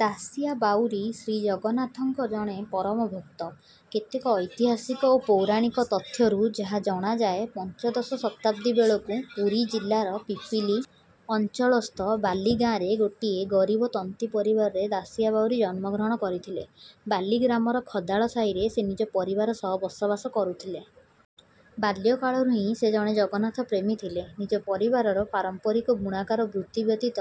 ଦାସିଆ ବାଉରୀ ଶ୍ରୀ ଜଗନ୍ନାଥଙ୍କ ଜଣେ ପରମ ଭକ୍ତ। କେତେକ ଐତିହାସିକ ଓ ପୌରାଣିକ ତଥ୍ୟରୁ ଯାହା ଜଣାଯାଏ ପଞ୍ଚଦଶ ଶତାବ୍ଦୀ ବେଳକୁ ପୁରୀ ଜିଲ୍ଲାର ପିପିଲି ଅଞ୍ଚଳସ୍ଥ ବାଲିଗାଁରେ ଗୋଟିଏ ଗରିବ ତନ୍ତୀ ପରିବାରରେ ଦାସିଆ ବାଉରୀ ଜନ୍ମଗ୍ରହଣ କରିଥିଲେ। ବାଲି ଗ୍ରାମର ଖଦାଳ ସାହିରେ ସେ ନିଜ ପରିବାର ସହ ବସବାସ କରୁଥିଲେ। ବାଲ୍ୟକାଳରୁ ହିଁ ସେ ଜଣେ ଜଗନ୍ନାଥପ୍ରେମୀ ଥିଲେ। ନିଜ ପରିବାରର ପାରମ୍ପରିକ ବୁଣାକାର ବୃତ୍ତି ବ୍ୟତୀତ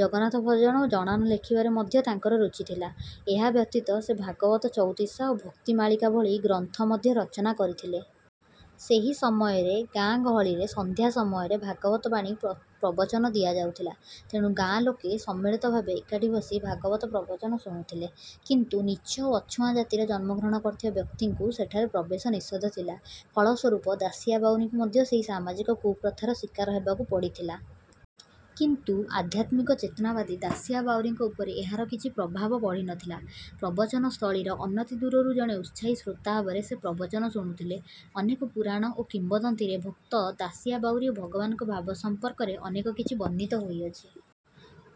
ଜଗନ୍ନାଥ ଭଜନ ଓ ଜଣାଣ ଲେଖିବାରେ ମଧ୍ୟ ତାଙ୍କର ରୁଚି ଥିଲା। ଏହା ବ୍ୟତୀତ ସେ ଭାଗବତ ଚଉତିସ ଓ ଭକ୍ତିମାଳିକା ଭଳି ଗ୍ରନ୍ଥ ମଧ୍ୟ ରଚନା କରିଥିଲେ। ସେହି ସମୟରେ ଗାଁଗହଳିରେ ସନ୍ଧ୍ୟା ସମୟରେ ଭାଗବତ ବାଣୀ ପ ପ୍ରବଚନ ଦିଆଯାଉଥିଲା। ତେଣୁ ଗାଁ ଲୋକେ ସମ୍ମିଳିତ ଭାବେ ଏକାଠି ବସି ଭାଗବତ ପ୍ରବଚନ ଶୁଣୁଥିଲେ। କିନ୍ତୁ ନୀଚ ଓ ଅଛୁଆଁ ଜାତିରେ ଜନ୍ମଗ୍ରହଣ କରିଥିବା ବ୍ୟକ୍ତିଙ୍କୁ ସେଠାରେ ପ୍ରବେଶ ନିଷେଧ ଥିଲା। ଫଳସ୍ୱରୂପ ଦାସିଆ ବାଉରୀଙ୍କୁ ମଧ୍ୟ ସେହି ସାମାଜିକ କୁପ୍ରଥାର ଶିକାର ହେବାକୁ ପଡ଼ିଥିଲା। କିନ୍ତୁ ଆଧ୍ୟାତ୍ମିକ ଚେତନାବାଦୀ ଦାସିଆ ବାଉରୀଙ୍କ ଉପରେ ଏହାର କିଛି ପ୍ରଭାବ ପଡ଼ିନଥିଲା। ପ୍ରବଚନ ସ୍ଥଳୀର ଅନତି ଦୂରରୁ ଜଣେ ଉତ୍ସାହୀ ଶ୍ରୋତା ଭାବରେ ସେ ପ୍ରବଚନ ଶୁଣୁଥିଲେ। ଅନେକ ପୁରାଣ ଓ କିମ୍ବଦନ୍ତୀରେ ଭକ୍ତ ଦାସିଆ ବାଉରୀ ଓ ଭଗବାନଙ୍କ ଭାବ ସମ୍ପର୍କରେ ଅନେକ କିଛି ବର୍ଣ୍ଣିତ ହୋଇଅଛି।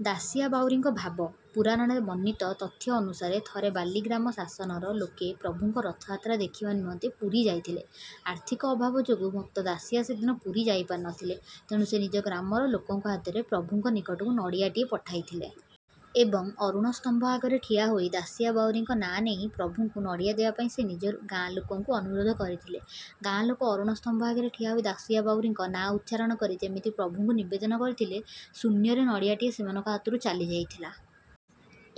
ଦାସିଆ ବାଉରୀଙ୍କ ଭାବ। ପୁରାଣରେ ବର୍ଣ୍ଣିତ ତଥ୍ୟ ଅନୁସାରେ ଥରେ ବାଲି ଗ୍ରାମ ଶାସନର ଲୋକେ ପ୍ରଭୁଙ୍କ ରଥଯାତ୍ରା ଦେଖିବା ନିମନ୍ତେ ପୁରୀ ଯାଇଥିଲେ। ଆର୍ଥିକ ଅଭାବ ଯୋଗୁଁ ଭକ୍ତ ଦାସିଆ ସେଦିନ ପୁରୀ ଯାଇପାରିନଥିଲେ। ତେଣୁ ସେ ନିଜ ଗ୍ରାମର ଲୋକଙ୍କ ହାତରେ ପ୍ରଭୁଙ୍କ ନିକଟକୁ ନଡ଼ିଆଟିଏ ପଠାଇଥିଲେ। ଏବଂ ଅରୁଣ ସ୍ତମ୍ଭ ଆଗରେ ଠିଆହୋଇ ଦାସିଆ ବାଉରୀଙ୍କ ନାଁ ନେଇ ପ୍ରଭୁଙ୍କୁ ନଡ଼ିଆ ଦେବା ପାଇଁ ସେ ନିଜ ଗାଁ ଲୋକଙ୍କୁ ଅନୁରୋଧ କରିଥିଲେ। ଗାଁ ଲୋକେ ଅରୁଣ ସ୍ତମ୍ଭ ଆଗରେ ଠିଆ ହୋଇ ଦାସିଆ ବାଉରୀଙ୍କ ନାଁ ଉଚ୍ଚାରଣ କରି ଯେମିତି ପ୍ରଭୁଙ୍କୁ ନିବେଦନ କରିଥିଲେ ଶୂନ୍ୟରେ ନଡ଼ିଆଟି ସେମାନଙ୍କ ହାତରୁ ଚାଲିଯାଇଥିଲା।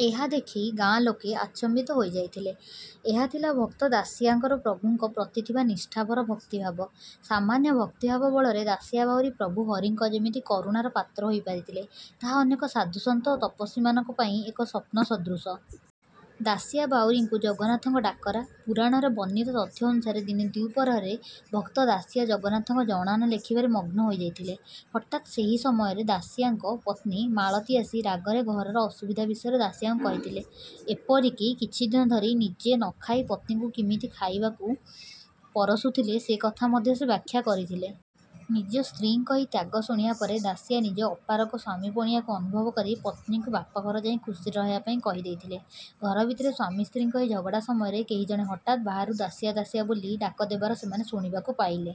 ଏହା ଦେଖି ଗାଁ ଲୋକେ ଆଚମ୍ବିତ ହୋଇଯାଇଥିଲେ। ଏହା ଥିଲା ଭକ୍ତ ଦାସିଆଙ୍କର ପ୍ରଭୁଙ୍କ ପ୍ରତି ଥିବା ନିଷ୍ଠାପର ଭକ୍ତିଭାବ। ସାମାନ୍ୟ ଭକ୍ତିଭାବ ବଳରେ ଦାସିଆ ବାଉରୀ ପ୍ରଭୁ ହରିଙ୍କ ଯେମିତି କରୁଣାର ପାତ୍ର ହୋଇପାରିଥିଲେ ତାହା ଅନେକ ସାଧୁ ସନ୍ଥ ଓ ତପସ୍ୱୀମାନଙ୍କ ପାଇଁ ଏକ ସ୍ୱପ୍ନ ସଦୃଶ। ଦାସିଆ ବାଉରୀଙ୍କୁ ଜଗନ୍ନାଥଙ୍କ ଡାକରା। ପୁରାଣରେ ବର୍ଣ୍ଣିତ ତଥ୍ୟ ଅନୁସାରେ ଦିନେ ଦ୍ୱିପ୍ରହରରେ ଭକ୍ତ ଦାସିଆ ଜଗନ୍ନାଥଙ୍କ ଜଣାଣ ଲେଖିବାରେ ମଗ୍ନ ହୋଇଯାଇଥିଲେ। ହଠାତ୍ ସେହି ସମୟରେ ଦାସିଆଙ୍କ ପତ୍ନୀ ମାଳତୀ ଆସି ରାଗରେ ଘରର ଅସୁବିଧା ବିଷୟରେ ଦାସିଆଙ୍କୁ କହିଥିଲେ। ଏପରିକି କିଛିଦିନ ଧରି ନିଜେ ନଖାଇ ପତିଙ୍କୁ କେମିତି ଖାଇବାକୁ ପରସୁଥିଲେ ସେ କଥା ମଧ୍ୟ ସେ ବ୍ୟାଖ୍ୟା କରିଥିଲେ। ନିଜ ସ୍ତ୍ରୀଙ୍କ ଏହି ତ୍ୟାଗ ଶୁଣିବା ପରେ ଦାସିଆ ନିଜ ଅପାରଗ ସ୍ୱାମୀପଣିଆକୁ ଅନୁଭବ କରି ପତ୍ନୀଙ୍କୁ ବାପଘର ଯାଇ ଖୁସିରେ ରହିବା ପାଇଁ କହିଦେଇଥିଲେ। ଘର ଭିତରେ ସ୍ୱାମୀ ସ୍ତ୍ରୀଙ୍କ ଏହି ଝଗଡ଼ା ସମୟରେ କେହି ଜଣେ ହଠାତ୍ ବାହାରୁ ଦାସିଆ ଦାସିଆ ବୋଲି ଡାକ ଦେବାର ସେମାନେ ଶୁଣିବାକୁ ପାଇଲେ।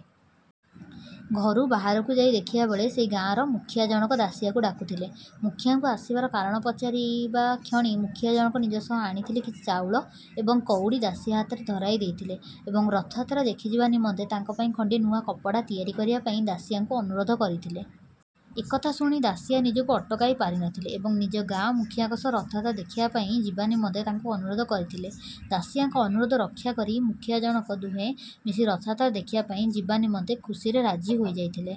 ଘରୁ ବାହାରକୁ ଯାଇ ଦେଖିବା ବେଳେ ସେହି ଗାଁର ମୁଖିଆ ଜଣକ ଦାସିଆଙ୍କୁ ଡାକୁଥିଲେ। ମୁଖିଆଙ୍କୁ ଆସିବାର କାରଣ ପଚାରିବା କ୍ଷଣି ମୁଖିଆ ଜଣକ ନିଜ ସହ ଆଣିଥିବା କିଛି ଚାଉଳ ଏବଂ କଉଡ଼ି ଦାସିଆ ହାତରେ ଧରାଇ ଦେଇଥିଲେ ଏବଂ ରଥଯାତ୍ରା ଦେଖିଯିବା ନିମନ୍ତେ ତାଙ୍କ ପାଇଁ ଖଣ୍ଡିଏ ନୂଆ କପଡ଼ା ତିଆରି କରିବା ପାଇଁ ଦାସିଆଙ୍କୁ ଅନୁରୋଧ କରିଥିଲେ। ଏ କଥା ଶୁଣି ଦାସିଆ ନିଜକୁ ଅଟକାଇ ପାରିନଥିଲେ ଏବଂ ନିଜ ଗାଁ ମୁଖିଆଙ୍କ ସହ ରଥଯାତ୍ରା ଦେଖିବା ପାଇଁ ଯିବା ନିମନ୍ତେ ତାଙ୍କୁ ଅନୁରୋଧ କରିଥିଲେ। ଦାସିଆଙ୍କ ଅନୁରୋଧ ରକ୍ଷା କରି ମୁଖିଆ ଜଣକ ଦୁହେଁ ମିଶି ରଥଯାତ୍ରା ଦେଖିବା ପାଇଁ ଯିବା ନିମନ୍ତେ ଖୁସିରେ ରାଜି ହୋଇଯାଇଥିଲେ।